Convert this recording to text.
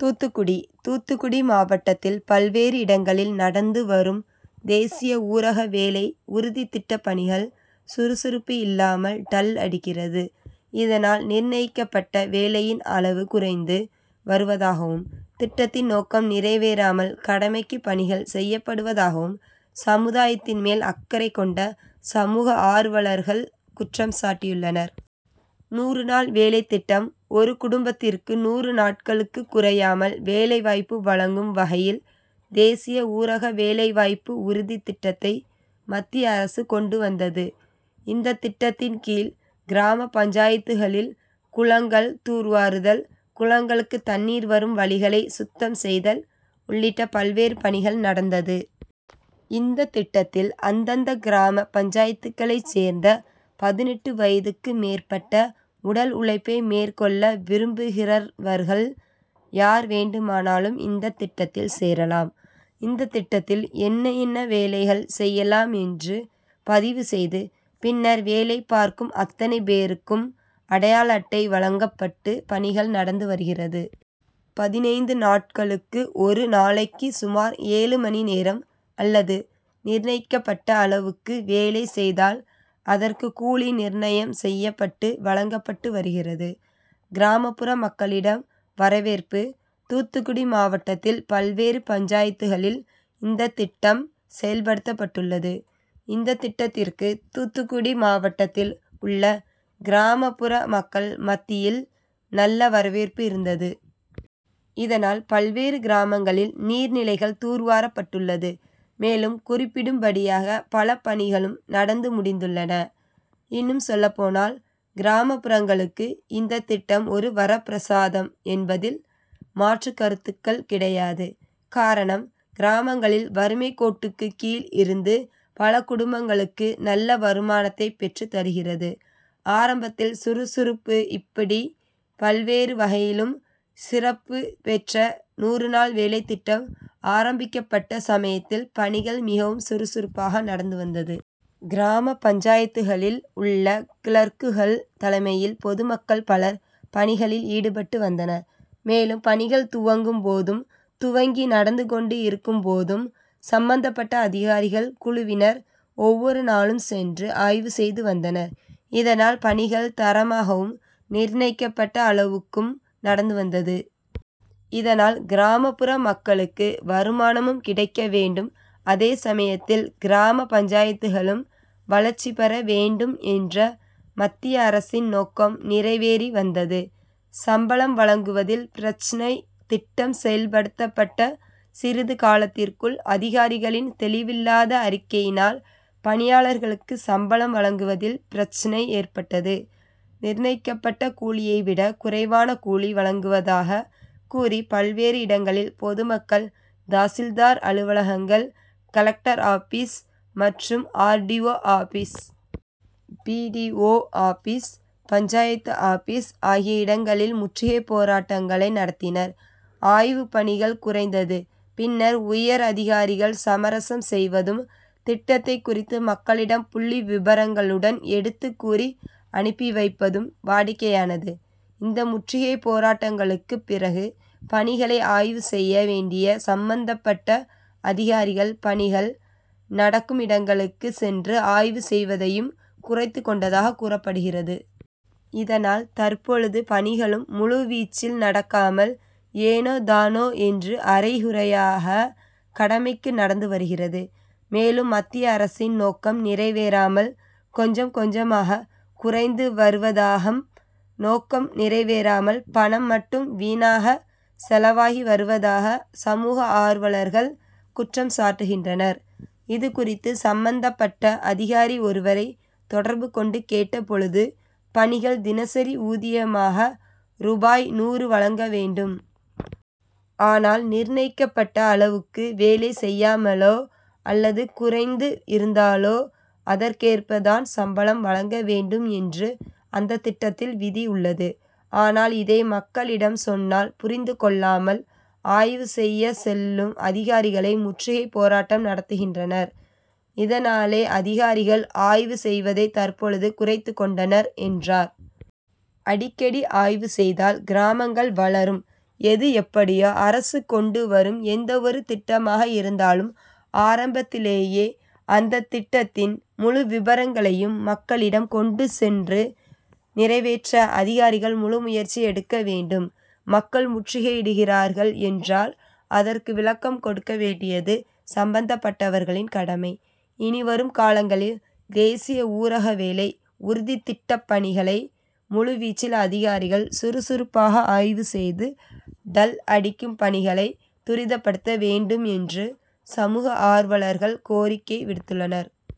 தூத்துக்குடி தூத்துக்குடி மாவட்டத்தில் பல்வேறு இடங்களில் நடந்து வரும் தேசிய ஊரக வேலை உறுதிதிட்டப்பணிகள் சுறுசுறுப்பு இல்லாமல் டல் அடிக்கிறது. இதனால் நிர்ணயிக்கப்பட்ட வேலையின் அளவு குறைந்து வருவதாகவும், திட்டத்தின் நோக்கம் நிறைவேறாமல் கடமைக்கு பணிகள் செய்யப்படுவதாகவும் சமுதாயத்தின் மேல் அக்கரை கொண்ட சமூக ஆர்வலர்கள் குற்றம்சாட்டியுள்ளனர். நூறு நாள் வேலை திட்டம் ஒரு குடும்பத்திற்கு நூறு நாட்களுக்கு குறையாமல் வேலை வாய்ப்பு வழங்கும் வகையில் தேசிய ஊரக வேலை வாய்ப்பு உறுதி திட்டத்தை மத்திய அரசு கொண்டு வந்தது. இந்த திட்டத்தின் கீழ் கிராம பஞ்சாயத்துகளில் குளங்கள் தூர்வாறுதல், குளங்களுக்கு தண்ணீர் வரும் வழிகளை சுத்தம் செய்தல் உள்ளிட்ட பல்வேறு பணிகள் நடந்தது. இந்த திட்டத்தில் அந்தந்த கிராம பஞ்சாயத்துகளை சேர்ந்த பதினெட்டு வயதுக்கு மேற்பட்ட உடல் உழைப்பை மேற்கொள்ள விரும்புகிறர்வர்கள் யார் வேண்டுமானாலும் இந்த திட்டத்தில் சேரலாம். இந்த திட்டத்தில் என்ன என்ன வேலைகள் செய்யலாம் என்று பதிவு செய்து, பின்னர் வேலை பார்க்கும் அத்தனை பேருக்கும் அடையாள அட்டை வழங்கப்பட்டு பணிகள் நடந்துவருகிறது. பதினைந்து நாட்களுக்கு ஒரு நாளைக்கு சுமார் ஏழு மணிநேரம் அல்லது நிர்ணயிக்கப்பட்ட அளவுக்கு வேலை செய்தால் அதற்கு கூலி நிர்ணயம் செய்யப்பட்டு வழங்கப்பட்டு வருகிறது. கிராமப்புற மக்களிடம் வரவேற்பு தூத்துக்குடி மாவட்டத்தில் பல்வேறு பஞ்சாயத்துகளில் இந்த திட்டம் செயல்படுத்தப்பட்டுள்ளது. இந்த திட்டத்திற்கு தூத்துக்குடி மாவட்டத்தில் உள்ள கிராமபுற மக்கள் மத்தியில் நல்ல வரவேற்பு இருந்தது. இதனால் பல்வேறு கிராமங்களில் நீர்நிலைகள் தூர்வாரப்பட்டுள்ளது. மேலும் குறிப்பிடும் படியாக பல பணிகளும் நடந்துமுடிந்துள்ளன. இன்னும் சொல்லப்போனால் கிராமப்புறங்களுக்கு இந்த திட்டம் ஒரு வரப்பிரசாதம் என்பதில் மாற்றுகருத்துக்கள் கிடையாது. காரணம் கிராமங்களில் வறுமைக்கோட்டுக்கு கீழ் இருந்து பல குடும்பங்களுக்கு நல்ல வருமானத்தை பெற்று தருகிறது. ஆரம்பத்தில் சுறுசுறுப்பு இப்படி பல்வேறு வகையிலும் சிறப்பு பெற்ற நூறுநாள் வேலை திட்டம் ஆரம்பிக்கப்பட்ட சமயத்தில் பணிகள் மிகவும் சுறுசுறுப்பாக நடந்துவந்தது. கிராம பஞ்சாயத்துகளில் உள்ள கிளர்க்குகள் தலைமையில் பொதுமக்கள் பலர் பணிகளில் ஈடுபட்டு வந்தனர். மேலும் பணிகள் துவங்கும் போதும், துவங்கி நடந்துகொண்டு இருக்கும் போதும், சம்பந்தப்பட்ட அதிகாரிகள் குழுவினர் ஒவ்வொரு நாளும் சென்று ஆய்வு செய்துவந்தனர். இதனால் பணிகள் தரமாகவும், நிர்ணயிக்கப்பட்ட அளவுக்கும் நடந்து வந்தது. இதனால் கிராமபுற மக்களுக்கு வருமானமும் கிடைக்கவேண்டும், அதே சமயத்தில் கிராம பஞ்சாயத்துகளும் வளர்ச்சிபெற வேண்டும் என்ற மத்திய அரசின் நோக்கம் நிறைவேறி வந்தது. சம்பளம் வழங்குவதில் பிரச்னை திட்டம் செயல்படுத்தப்பட்ட சிறிது காலத்திற்குள் அதிகாரிகளின் தெளிவில்லாத அறிக்கையினால் பணியாளர்களுக்கு சம்பளம் வழங்குவதில் பிரச்னை ஏற்பட்டது. நிர்ணயிக்கப்பட்ட கூலியை விட குறைவான கூலி வழங்குவதாக கூறி பல்வேறு இடங்களில் பொதுமக்கள் தாசில்தார் அலுவலங்கள், கலெக்டர் ஆபிஸ், மற்றும் ஆர்டிஓ.,ஆபிஸ், பிடிஓ.,ஆபிஸ், பஞ்சாயத்து ஆபிஸ் ஆகிய இடங்களில் முற்றுகைப் போராட்டங்களை நடத்தினர். ஆய்வு பணிகள் குறைந்தது பின்னர் உயர் அதிகாரிகள் சமரசம் செய்வதும் திட்டத்தை குறித்து மக்களிடம் புள்ளிவிபரங்களுடன் எடுத்து கூறி அனுப்பிவைப்பதும் வாடிக்கையானது. இந்த முற்றுகைபோராட்டங்களுக்கு பிறகு பணிகளை ஆய்வு செய்ய வேண்டிய சம்பந்தப்பட்ட அதிகாரிகள் பணிகள் நடக்கும் இடங்களுக்கு சென்று ஆய்வு செய்வதையும் குறைத்துக்கொண்டதாக கூறப்படுகிறது. இதனால் தற்பொழுது பணிகளும் முழுவீச்சில் நடக்காமல், ஏனோதானோ என்று அறைகுறையாக கடமைக்கு நடந்துவருகிறது. மேலும் மத்திய அரசின் நோக்கம் நிறைவேறாமல் கொஞ்சம் கொஞ்சமாக குறைந்துவருவதாகம், நோக்கம் நிறைவேறாமல் பணம் மட்டும் வீணாக செலவாகி வருவதாக சமூக ஆர்வலர்கள் குற்றம்சாட்டுகின்றனர். இதுகுறித்து சம்பந்தபட்ட அதிகாரி ஒருவரை தொடர்பு கொண்டு கேட்டபொழுது பணிகள் தினசரி ஊதியமாக ரூபாய் நூறு வழங்கவேண்டும். ஆனால் நிர்ணயிக்கப்பட்ட அளவுக்கு வேலை செய்யாமலோ அல்லது குறைந்து இருந்தாலோ அதற்கேற்பதான் சம்பளம் வழங்கவேண்டும் என்று அந்த திட்டத்தில் விதி உள்ளது. ஆனால் இதை மக்களிடம் சொன்னால் புரிந்துகொள்ளாமல் ஆய்வு செய்ய செல்லும் அதிகாரிகளை முற்றுகை போராட்டம் நடத்துகின்றனர். இதனாலே அதிகாரிகள் ஆய்வு செய்வதை தற்பொழுது குறைத்துக்கொண்டனர் என்றார். அடிக்கடி ஆய்வு செய்தால் கிராமங்கள் வளரும் எதுஎப்படியோ அரசு கொண்டு வரும் எந்த ஒரு திட்டமாக இருந்தாலும் ஆரம்பத்திலேயே அந்த திட்டத்தின் முழுவிபரங்களையும் மக்களிடம் கொண்டு சென்று நிறைவேற்ற அதிகாரிகள் முழுமுயற்சி எடுக்கவேண்டும். மக்கள் முற்றுகையிடுகிறார்கள் என்றால் அதற்கு விளக்கம் கொடுக்கவேண்டியது சம்பந்தப்பட்டவர்களின் கடமை. இனிவரும் காலங்களில் தேசிய ஊரக வேலை உறுதிதிட்டப்பணிகளை முழுவீச்சில் அதிகாரிகள் சுறுசுறுப்பாக ஆய்வு செய்து டல் அடிக்கும் பணிகளை துரிதப்படுத்தவேண்டும் என்று சமூக ஆர்வலர்கள் கோரிக்கை விடுத்துள்ளனர்.